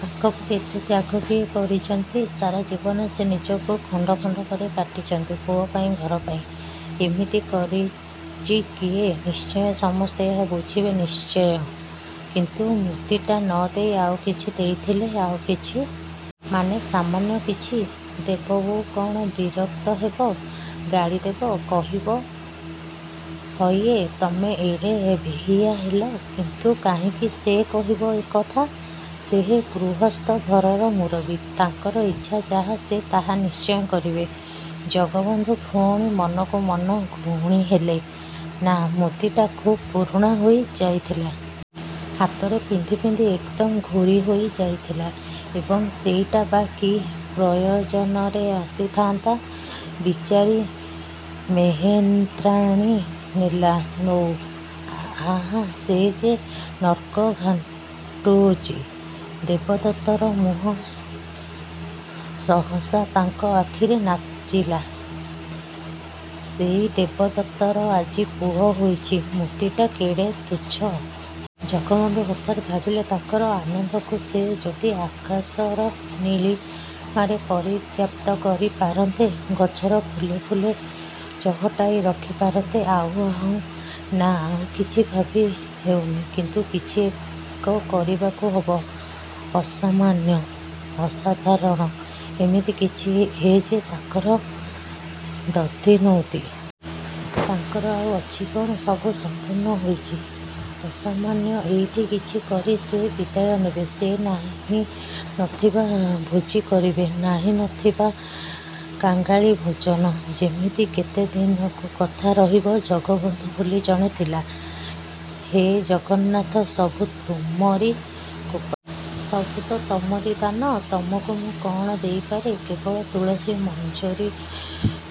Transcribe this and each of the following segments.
ତାଙ୍କପରି ଏତେ ତ୍ୟାଗ କିଏ କରିଚନ୍ତି? ସାରା ଜୀବନ ସେ ନିଜକୁ ଖଣ୍ଡ ଖଣ୍ଡ କରି କାଟିଚନ୍ତି, ପୁଅ ପାଇଁ, ଘର ପାଇଁ। ଏମିତି କରିଚି କିଏ? ନିଶ୍ଚୟ ସମସ୍ତେ ଏହା ବୁଝିବେ ନିଶ୍ଚୟ। କିନ୍ତୁ ମୁଦିଟା ନ ଦେଇ ଆଉ କିଛି ଦେଇଥିଲେ? ଆଉ କିଛି? ମାନେ ସାମାନ୍ୟ କିଛି? ଦେବ ବୋଉ କ'ଣ ବିରକ୍ତ ହେବ? ଗାଳିଦେବ? କହିବ, "ହଇଏ, ତମେ ଏଡ଼େ ବେହିଆ ହେଲ?" କିନ୍ତୁ କାହିଁକି ସେ କହିବ ଏ କଥା? ସେ ଗୃହସ୍ଥ, ଘରର ମୁରବୀ। ତାଙ୍କର ଇଚ୍ଛା ଯାହା ସେ ତାହା ନିଶ୍ଚୟ କରିବେ। ଜଗବନ୍ଧୁ ପୁଣି ମନକୁ ମନ ଗୁଣିହେଲେ ନାଃ ମୁଦିଟା ଖୁବ୍ ପୁରୁଣା ହୋଇ ଯାଇଥିଲା। ହାତରେ ପିନ୍ଧି ପିନ୍ଧି ଏକଦମ୍ ଘୋରି ହୋଇ ଯାଇଥିଲା, ଏବଂ ସେଇଟା ବା କି ପ୍ରୟୋଜନରେ ଆସିଥାନ୍ତା? ବିଚାରି ମେହେନ୍ତ୍ରାଣୀ ନେଲା, ନଉ ଆହା ସେ ଯେ ନର୍କ ଘାଣ୍ଟୁଚି। ଦେବଦତ୍ତର ମୁହଁ ସହସା ତାଙ୍କ ଆଖିରେ ନାଚିଲା, ସେଇ ଦେବଦତ୍ତର ଆଜି ପୁଅ ହୋଇଚି ମୁଦିଟା କେଡ଼େ ତୁଚ୍ଛ! ଜଗବନ୍ଧୁ ହଠାତ୍ ଭାବିଲେ ତାଙ୍କର ଆନନ୍ଦକୁ ସେ ଯଦି ଆକାଶର ନୀଳିମାରେ ପରିବ୍ୟାପ୍ତ କରି ପାରନ୍ତେ, ଗଛର ଫୁଲେ ଫୁଲେ ଚହଟାଇ ରଖି ପାରନ୍ତେ ଆଉ ଆଉ ନାଃ ଆଉ କିଛି ଭାବି ହେଉନି କିନ୍ତୁ କିଛି ଏକ କରିବାକୁ ହବ ଅସାମାନ୍ୟ ଅସାଧାରଣ ଏମିତି କିଛି ଏ ଯେ ତାଙ୍କର ଦଧିନଉତି। ତାଙ୍କର ଆଉ ଅଛି କଣ? ସବୁ ସମ୍ପୂର୍ଣ୍ଣ ହୋଇଚି। ଅସାମାନ୍ୟ ଏଇଠି କିଛି କରି ସେ ବିଦାୟ ନେବେ। ସେ ନାହିଁ ନଥିବା ଭୋଜି କରିବେ। ନାହିଁ ନଥିବା କାଙ୍ଗାଳି ଭୋଜନ! ଯେମିତି କେତେ ଦିନକୁ କଥା ରହିବ"ଜଗବନ୍ଧୁ ବୋଲି ଜଣେ ଥିଲା" ହେ ଜଗନ୍ନାଥ, ସବୁ ତମରି କୃପା। ସବୁ ତ ତମରି ଦାନ! ତମକୁ ମୁଁ କଣ ଦେଇପାରେ? କେବଳ ତୁଳସୀ ମଞ୍ଜରୀ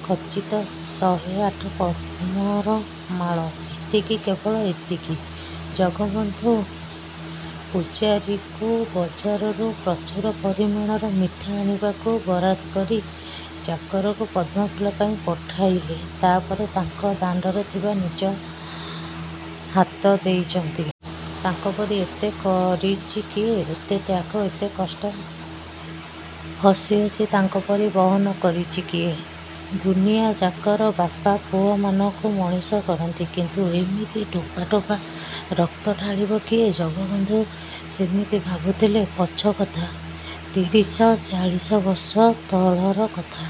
ଖଚିତ ଶହେ ଆଠ ପଦ୍ମର ମାଳ! ଏତିକି, କେବଳ ଏତିକି। ଜଗବନ୍ଧୁ ପୁଝାରୀକୁ ବଜାରରୁ ପ୍ରଚୁର ପରିମାଣର ମିଠା ଆଣିବାକୁ ବରାଦ କରି, ଚାକରକୁ ପଦ୍ମଫୁଲ ପାଇଁ ପଠାଇଲେ। ତାପରେ ତାଙ୍କ ଦାଣ୍ଡରେ ଥିବା ନିଜ ହାତ ଦେଇଚନ୍ତି। ତାଙ୍କ ପରି ଏତେ କରିଚି କିଏ? ଏତେ ତ୍ୟାଗ, ଏତେ କଷ୍ଟ, ହସି ହସି ତାଙ୍କ ପରି ବହନ କରିଚି କିଏ? ଦୁନିଆଯାକର ବାପା ପୁଅମାନଙ୍କୁ ମଣିଷ କରନ୍ତି। କିନ୍ତୁ ଏମିତି ଟୋପା ଟୋପା ରକ୍ତ ଢାଳିବ କିଏ? ଜଗବନ୍ଧୁ ସେମିତି ଭାବୁଥିଲେ ପଛ କଥା, ତିରିଶ, ଚାଳିଶ ବର୍ଷ ତଳର କଥା।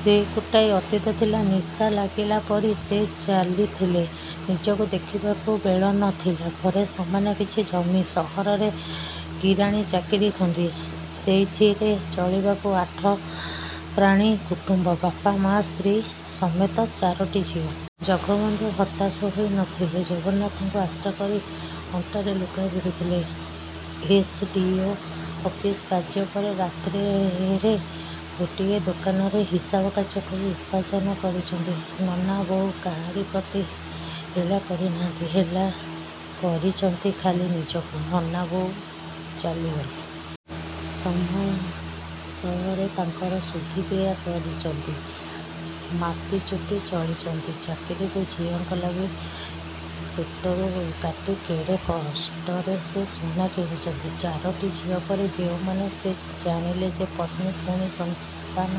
ସେ ଗୋଟାଏ ଅତୀତ ଥିଲା ନିଶା ଲାଗିଲା ପରି ସେ ଚାଲିଥିଲେ। ନିଜକୁ ଦେଖିବାକୁ ବେଳ ନ ଥିଲା। ଘରେ ସାମାନ୍ୟ କିଛି ଜମି, ସହରରେ କିରାଣୀ ଚାକିରୀ ଖଣ୍ଡିଏ। ସେଇଥିରେ ଚଳିବାକୁ ଆଠ ପ୍ରାଣୀ କୁଟୁମ୍ବ ବାପା, ମା, ସ୍ତ୍ରୀ ସମେତ ଚାରୋଟି ଝିଅ। ଜଗବନ୍ଧୁ ହତାଶ ହୋଇ ନ ଥିଲେ, ଜଗନ୍ନାଥଙ୍କୁ ଆଶ୍ରା କରି ଅଣ୍ଟାରେ ଲୁଗା ଭିଡ଼ିଥିଲେ। ଏସଡ଼ିଓ ଅଫିସ କାର୍ଯ୍ୟପରେ ରାତ୍ରିରେ ଗୋଟିଏ ଦୋକାନରେ ହିସାବ କାର୍ଯ୍ୟ କରି ଉପାର୍ଜନ କରିଚନ୍ତି। ନନା ବୋଉ କାହାରି ପ୍ରତି ହେଳା କରିନାହାନ୍ତି, ହେଳା କରିଚନ୍ତି ଖାଲି ନିଜକୁ। ନନା ବୋଉ ଚାଲିଗଲେ। ସମାରୋହରେ ତାଙ୍କର ଶୁଦ୍ଧି କ୍ରିୟା କରିଚନ୍ତି। ମାପି ଚୁପି ଚଳିଚନ୍ତି। ଚାରିଟି ଝିଅଙ୍କ ଲାଗି, ପେଟରୁ କାଟି କେଡ଼େ କଷ୍ଟରେ ସେ ସୁନା କିଣିଚନ୍ତି। ଚାରୋଟି ଝିଅ ପରେ, ଯେଉଁମାନେ ସେ ଜାଣିଲେ ଯେ ପତ୍ନୀ ପୁଣି ସନ୍ତାନ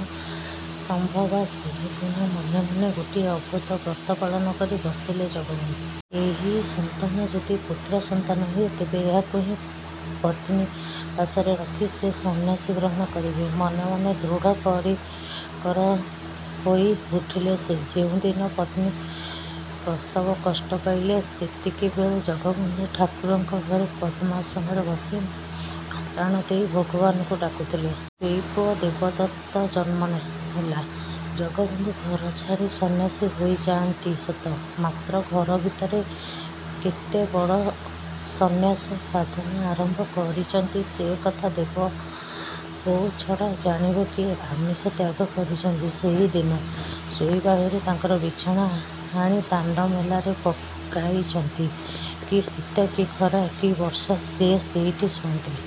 ସମ୍ଭବା, ସେଦିନ ମନେ ମନେ ଗୋଟିଏ ଅଦ୍ଭୁତ ବ୍ରତ ପାଳନ କରି ବସିଲେ ଜଗବନ୍ଧୁ। ଏଇ ସନ୍ତାନ ଯଦି ପୁତ୍ରସନ୍ତାନ ହୁଏ, ତେବେ ଏହାକୁ ହିଁ ପତ୍ନୀ ପାଶରେ ରଖି ସେ ସନ୍ନ୍ୟାସ ଗ୍ରହଣ କରିବେ। ମନେ ମନେ ଦୃଢ଼ପରିକର ହୋଇ ଉଠିଲେ ସେ। ଯେଉଁ ଦିନ ପତ୍ନୀ ପ୍ରସବ କଷ୍ଟ ପାଇଲେ ସେତିକିବେଳେ ଜଗବନ୍ଧୁ ଠାକୁର ଘରେ ପଦ୍ମାସନରେ ବସି ମନପ୍ରାଣ ଦେଇ ଭଗବାନଙ୍କୁ ଡାକୁଥିଲେ। ସେଇ ପୁଅ ଦେବଦତ୍ତ ଜନ୍ମ ହେଲା। ଜଗବନ୍ଧୁ ଘର ଛାଡ଼ି ସନ୍ନ୍ୟାସୀ ହୋଇନାହାନ୍ତି ସତ, ମାତ୍ର ଘର ଭିତରେ କେତେ ବଡ଼ ସନ୍ନ୍ୟାସ-ସାଧନା ଆରମ୍ଭ କରିଚନ୍ତି, ସେ କଥା ଦେବବୋଉ ଛଡ଼ା ଜାଣିବ କିଏ? ଆମିଷ ତ୍ୟାଗ କରିଚନ୍ତି ସେହିଦିନୁ ଶୋଇବା ଘରୁ ତାଙ୍କର ବିଛଣା ଆଣି ଦାଣ୍ଡ ମେଲାରେ ପକାଇଚନ୍ତି! କି ଶୀତ, କି ଖରା, କି ବର୍ଷା ସେ ସେଇଠି ଶୁଅନ୍ତି।